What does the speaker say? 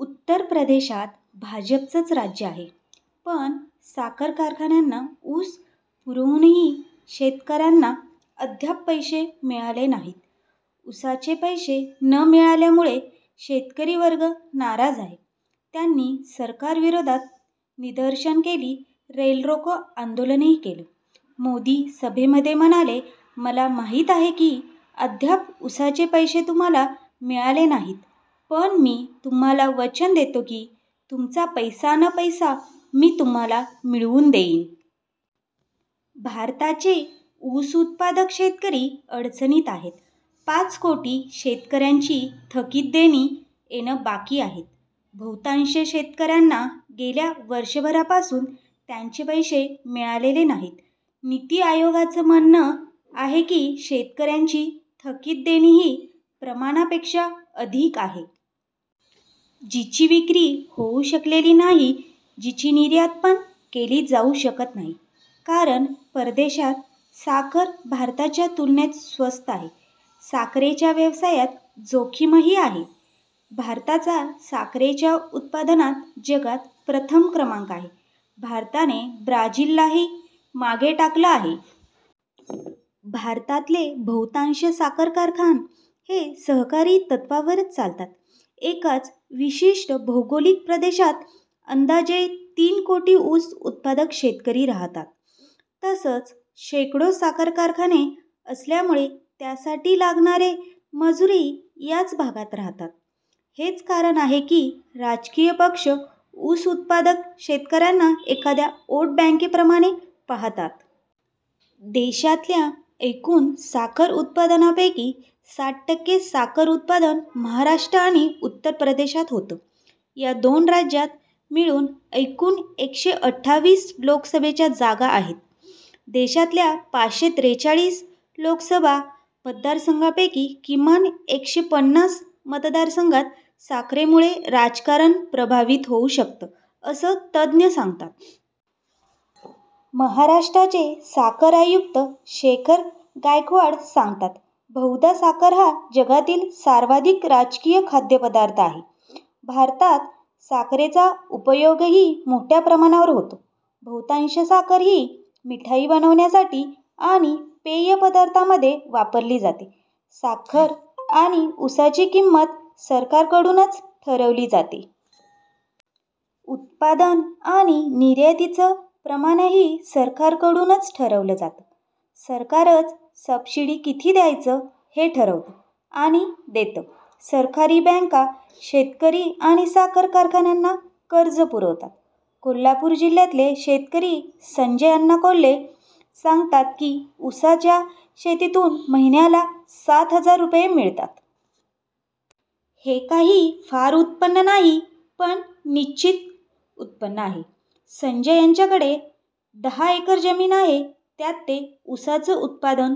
उत्तर प्रदेशात भाजपचंच राज्य आहे. पण साखर कारखान्यांना ऊस पुरवूनही शेतकऱ्यांना अद्याप पैसे मिळाले नाहीत. ऊसाचे पैसे न मिळाल्यामुळे शेतकरी वर्ग नाराज आहे. त्यांनी सरकारविरोधात निदर्शनं केली, रेलरोको आंदोलनही केलं. मोदी सभेमध्ये म्हणाले, मला माहीत आहे की अद्याप ऊसाचे पैसे तुम्हाला मिळाले नाहीत, पण मी तुम्हाला वचन देतो की तुमचा पैसा न पैसा मी तुम्हाला मिळवून देईन. भारताचे ऊस उत्पादक शेतकरी अडचणीत आहेत. पाच कोटी शेतकऱ्यांची थकीत देणी येणं बाकी आहेत. बहुतांश शेतकऱ्यांना गेल्या वर्षभरापासून त्यांचे पैसे मिळालेले नाहीत. नीती आयोगाचं म्हणणं आहे की शेतकऱ्यांची थकीत देणी ही प्रमाणापेक्षा अधिक आहे. जिची विक्री होऊ शकलेली नाही. जिची निर्यात पण केली जाऊ शकत नाही, कारण परदेशात साखर भारताच्या तुलनेत स्वस्त आहे. साखरेच्या व्यवसायात जोखीमही आहे. भारताचा साखरेच्या उत्पादनात जगात प्रथम क्रमांक आहे. भारताने ब्राझीलला मागे टाकलं आहे. भारतातले बहुतांश साखर कारखान हे सहकारी तत्त्वावरच चालतात. एकाच विशिष्ट भौगोलिक प्रदेशात अंदाजे तीन कोटी ऊस उत्पादक शेतकरी राहतात. तसंच शेकडो साखर कारखाने असल्यामुळे त्यासाठी लागणारे मजूरही याच भागात राहतात. हेच कारण आहे की राजकीय पक्ष ऊस उत्पादक शेतकऱ्यांना एखाद्या व्होट बॅंकेप्रमाणे पाहतात. देशातल्या एकूण साखर उत्पादनापैकी साठ टक्के साखर उत्पादन महाराष्ट्र आणि उत्तर प्रदेशात होतं. या दोन राज्यात मिळून एकूण एकशे अठ्ठावीस लोकसभेच्या जागा आहेत. देशातल्या पाचशे त्रेचाळीस लोकसभा मतदारसंघापैकी किमान एकशे पन्नास मतदारसंघात साखरेमुळे राजकारण प्रभावित होऊ शकतं असं तज्ज्ञ सांगतात. महाराष्ट्राचे साखर आयुक्त शेखर गायकवाड सांगतात, बहुधा साखर हा जगातील सर्वाधिक राजकीय खाद्यपदार्थ आहे. भारतात साखरेचा उपयोगही मोठ्या प्रमाणावर होतो. बहुतांश साखर ही मिठाई बनवण्यासाठी आणि पेय पदार्थांमध्ये वापरली जाते. साखर आणि ऊसाची किंमत सरकारकडूनच ठरवली जाते. उत्पादन आणि निर्यातीचं प्रमाणही सरकारकडूनच ठरवलं जातं. सरकारच सबसिडी किती द्यायचं हे ठरवतं आणि देतं. सरकारी बॅंका शेतकरी आणि साखर कारखान्यांना कर्ज पुरवतात. कोल्हापूर जिल्ह्यातले शेतकरी संजय अण्णा कोल्हे सांगतात की ऊसाच्या शेतीतून महिन्याला सात हजार रुपये मिळतात. हे काही फार उत्पन्न नाही, पण निश्चित उत्पन्न आहे. संजय यांच्याकडे दहा एकर जमीन आहे. त्यात ते ऊसाचं उत्पादन